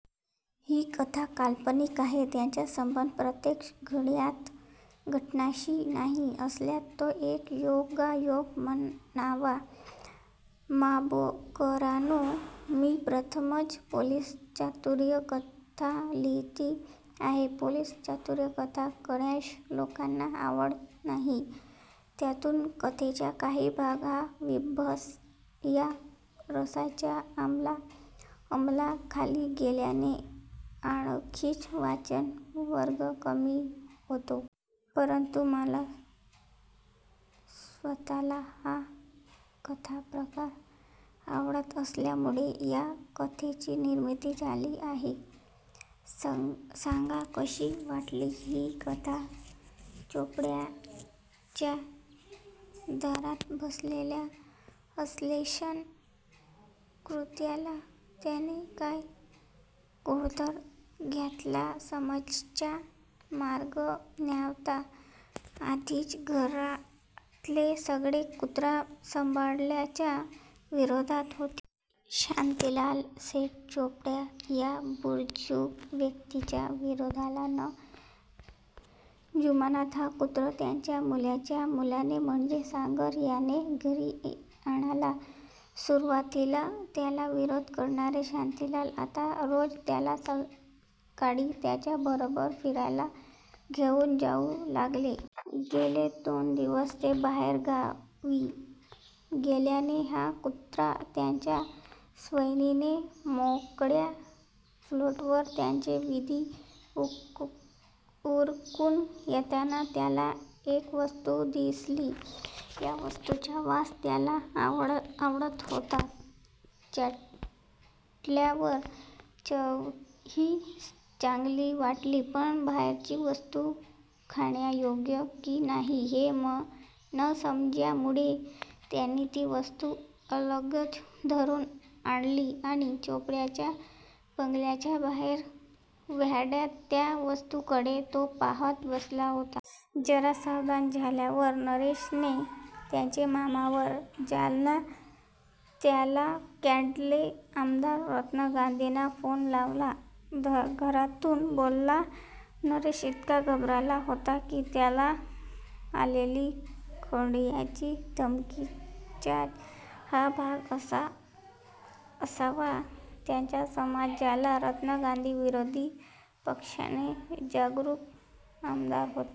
ही कथा काल्पनिक आहे. याचा संबंध प्रत्यक्ष घडणार्या घटनांशी नाही. असल्यास तो एक योगायोग मानावा. माबोकरांनो मी प्रथमच पोलीस चातुर्य कथा लिहीत आहे. पोलीस चातुर्यकथा फारश्या लोकांना आवडत नाहीत. त्यातुन कथेचा काही भाग हा बिभत्स या रसाच्या अमला खाली गेल्याने आणखीनच वाचक वर्ग कमी होतो. परंतु मला स्वतःला हा कथाप्रकार आवडत असल्यामुळे या कथेची निर्मीती झाली आहे. सांगा कशी वाटली ही कथा. चोपडांच्या दारात बसलेल्या अल्सेशन कुत्र्याला त्याने काय गोंधळ घातलाय समजायचा मार्ग नव्हता. आधीच घरातले सगळे कुत्रा सांभाळण्याच्या विरोधात होते. शांतीलालशेठ चोपडा या बुजुर्ग व्यक्तिच्या विरोधाला न जुमानता हा कुत्रा त्यांच्या मुलाच्या मुलाने म्हणजे सागर याने घरी आणला. सुरवातीला त्याला विरोध करणारे शांतीलाल आता रोज त्याला सकाळी त्यांच्या बरोबर फिरायला घेऊन जाऊ लागले होते. गेले दोन दिवस ते बाहेर गावी गेल्याने हा कुत्रा त्याच्या सवयीने मोकळ्या प्लॉटवर त्याचे विधी उरकुन येताना त्याला एक वस्तु दिसली. या वस्तुचा वास त्याला आवडत होता. चाटल्यावर चवही चांगली वाटली पण बाहेरची वस्तु खाण्यायोग्य कि नाही हे न समजल्यामुळे त्याने ती वस्तु अलगद धरुन आणली आणी चोपडांच्या बंगल्याच्या बाहेर व्हरांड्यात त्या वस्तुकडे तो पहात बसला होता. जरा सावध झाल्यावर नरेशने त्याचे मामा व जालना तालुक्यातले आमदार रतन गांधींना फोन लावला. घरातुन बोलताना नरेश इतका घाबरला होता की त्याला आलेली खंडणीच्या धमकीचाच हा भाग असावा, असा त्याचा समज झाला. रतन गांधी विरोधी पक्षाचे जागरुक आमदार होते.